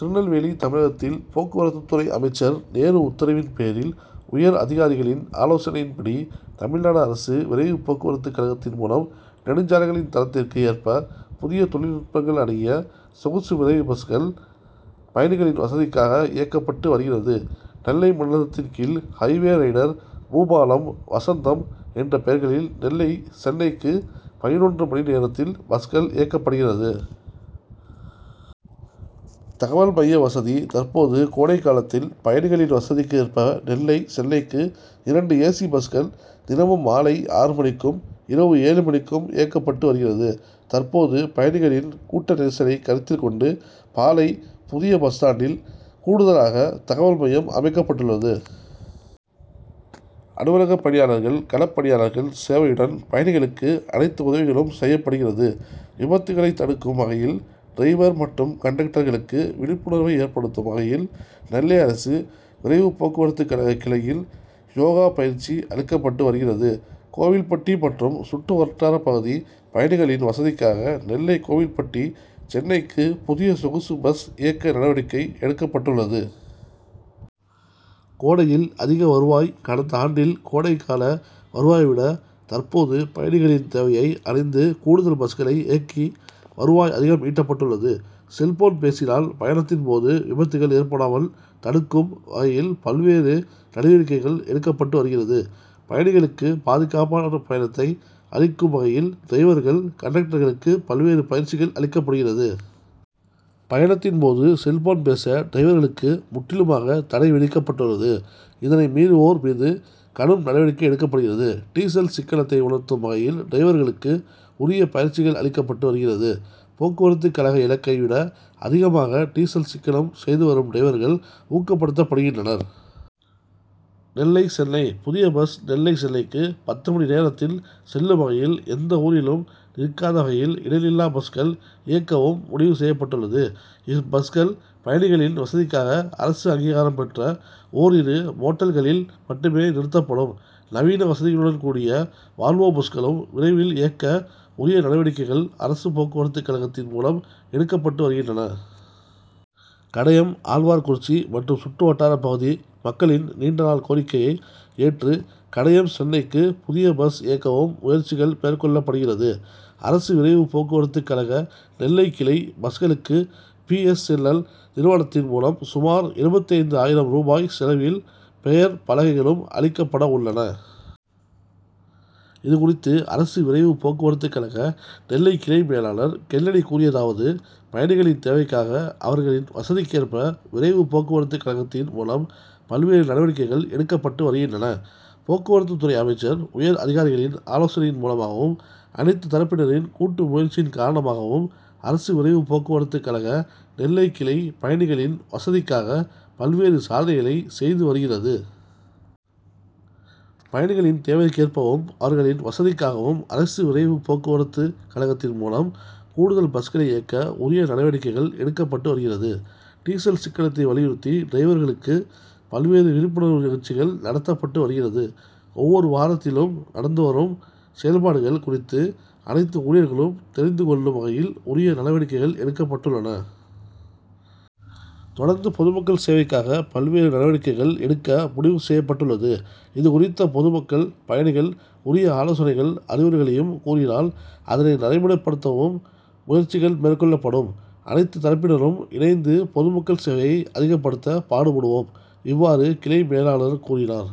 திருநெல்வேலி தமிழகத்தில் போக்குவரத்து துறை அமைச்சர் நேரு உத்தரவின் பேரில் உயர் அதிகாரிகளின் ஆலோசனையின்படி தமிழ்நாடு அரசு விரைவு போக்குவரத்து கழகத்தின் மூலம் நெடுஞ்சாலைகளின் தரத்திற்கு ஏற்ப புதிய தொழில் நுட்பங்கள் அடங்கிய சொகுசு மிதவை பஸ்கள் பயணிகளின் வசதிக்காக இயக்கப்பட்டு வருகிறது. நெல்லை மண்டலத்தின் கீழ் highway rider Boopalam, Vasantham' என்ற பெயர்களில் நெல்லை சென்னைக்கு பதினொன்று மணி நேரத்தில் பஸ்கள் இயக்கப்படுகிறது. தகவல் மைய வசதி தற்போது கோடை காலத்தில் பயணிகளின் வசதிக்கு ஏற்ப நெல்லை சென்னைக்கு இரண்டு ஏ. சி பஸ்கள் தினமும் மாலை ஆறு மணிக்கும், இரவு ஏழு மணிக்கும் இயக்கப்பட்டு வருகிறது. தற்போது பயணிகளின் கூட்ட நெரிசலை கருத்தில் கொண்டு பாளை புதிய பஸ்ஸ்டான்டில் கூடுதலாக தகவல் மையம் அமைக்கப்பட்டுள்ளது. அலுவலக பணியாளர்கள், களப் பணியாளர்கள் சேவையுடன் பயணிகளுக்கு அனைத்து உதவிகளும் செய்யப்படுகிறது. விபத்துக்களை தடுக்கும் வகையில் டிரைவர் மற்றும் கண்டக்டர்களுக்கு விழிப்புணர்வை ஏற்படுத்தும் வகையில் நெல்லை அரசு விரைவு போக்குவரத்து கழக கிளையில் யோகா பயிற்சி அளிக்கப்பட்டு வருகிறது. கோவில்பட்டி மற்றும் சுற்று வட்டார பகுதி பயணிகளின் வசதிக்காக நெல்லை கோவில்பட்டி சென்னைக்கு புதிய சொகுசு பஸ் இயக்க நடவடிக்கை எடுக்கப்பட்டுள்ளது. கோடையில் அதிக வருவாய் கடந்த ஆண்டில் கோடை கால வருவாயை விட தற்போது பயணிகளின் தேவையை அறிந்து கூடுதல் பஸ்களை இயக்கி வருவாய் அதிகம் ஈட்டப்பட்டுள்ளது. செல்போன் பேசினால் பயணத்தின் போது விபத்துக்கள் ஏற்படாமல் தடுக்கும் வகையில் பல்வேறு நடவடிக்கைகள் எடுக்கப்பட்டு வருகிறது. பயணிகளுக்கு பாதுகாப்பான பயணத்தை அளிக்கும் வகையில் டிரைவர்கள், கண்டக்டர்களுக்கு பல்வேறு பயிற்சிகள் அளிக்கப்படுகிறது. பயணத்தின் போது செல்போன் பேச டிரைவர்களுக்கு முற்றிலுமாக தடை விதிக்கப்பட்டுள்ளது. இதனை மீறுவோர் மீது கடும் நடவடிக்கை எடுக்கப்படுகிறது. டீசல் சிக்கனத்தை உணர்த்தும் வகையில் டிரைவர்களுக்கு உரிய பயிற்சிகள் அளிக்கப்பட்டு வருகிறது. போக்குவரத்து கழக இலக்கை விட அதிகமாக டீசல் சிக்கனம் செய்து வரும் டிரைவர்கள் ஊக்கப்படுத்தப்படுகின்றனர். நெல்லை சென்னை புதிய பஸ் நெல்லை சென்னைக்கு பத்து மணி நேரத்தில் செல்லும் வகையில் எந்த ஊரிலும் நிற்காத வகையில் இடைநில்லா பஸ்கள் இயக்கவும் முடிவு செய்யப்பட்டுள்ளது. இப்பஸ்கள் பயணிகளின் வசதிக்காக அரசு அங்கீகாரம் பெற்ற ஓரிரு மோட்டல்களில் மட்டுமே நிறுத்தப்படும். நவீன வசதிகளுடன் கூடிய வால்வோ பஸ்களும் விரைவில் இயக்க உரிய நடவடிக்கைகள் அரசு போக்குவரத்து கழகத்தின் மூலம் எடுக்கப்பட்டு வருகின்றன. கடையம், ஆழ்வார்குறிச்சி மற்றும் சுற்று வட்டார பகுதி மக்களின் நீண்ட நாள் கோரிக்கையை ஏற்று கடையம் சென்னைக்கு புதிய பஸ் இயக்கவும் முயற்சிகள் மேற்கொள்ளப்படுகிறது. அரசு விரைவு போக்குவரத்து கழக நெல்லை கிளை பஸ்களுக்கு பி. எஸ். என். எல் நிறுவனத்தின் மூலம் சுமார் எழுபத்தைந்து ஆயிரம் ரூபாய் செலவில் பெயர் பலகைகளும் அளிக்கப்பட உள்ளன. இதுகுறித்து அரசு விரைவு போக்குவரத்து கழக நெல்லை கிளை மேலாளர் கென்னடி கூறியதாவது பயணிகளின் தேவைக்காக அவர்களின் வசதிக்கேற்ப விரைவு போக்குவரத்து கழகத்தின் மூலம் பல்வேறு நடவடிக்கைகள் எடுக்கப்பட்டு வருகின்றன. போக்குவரத்து துறை அமைச்சர், உயர் அதிகாரிகளின் ஆலோசனையின் மூலமாகவும், அனைத்து தரப்பினரின் கூட்டு முயற்சியின் காரணமாகவும் அரசு விரைவு போக்குவரத்து கழக நெல்லை கிளை பயணிகளின் வசதிக்காக பல்வேறு சாதனைகளை செய்து வருகிறது. பயணிகளின் தேவைக்கேற்பவும், அவர்களின் வசதிக்காகவும் அரசு விரைவு போக்குவரத்து கழகத்தின் மூலம் கூடுதல் பஸ்களை இயக்க உரிய நடவடிக்கைகள் எடுக்கப்பட்டு வருகிறது. டீசல் சிக்கனத்தை வலியுறுத்தி டிரைவர்களுக்கு பல்வேறு விழிப்புணர்வு நிகழ்ச்சிகள் நடத்தப்பட்டு வருகிறது. ஒவ்வொரு வாரத்திலும் நடந்து வரும் செயல்பாடுகள் குறித்து அனைத்து ஊழியர்களும் தெரிந்து கொள்ளும் வகையில் உரிய நடவடிக்கைகள் எடுக்கப்பட்டுள்ளன. தொடர்ந்து பொதுமக்கள் சேவைக்காக பல்வேறு நடவடிக்கைகள் எடுக்க முடிவு செய்யப்பட்டுள்ளது. இதுகுறித்த பொதுமக்கள், பயணிகள் உரிய ஆலோசனைகள், அறிவுரைகளையும் கூறினால் அதனை நடைமுறைப்படுத்தவும் முயற்சிகள் மேற்கொள்ளப்படும். அனைத்து தரப்பினரும் இணைந்து பொதுமக்கள் சேவையை அதிகப்படுத்த பாடுபடுவோம். இவ்வாறு கிளை மேலாளர் கூறினார்.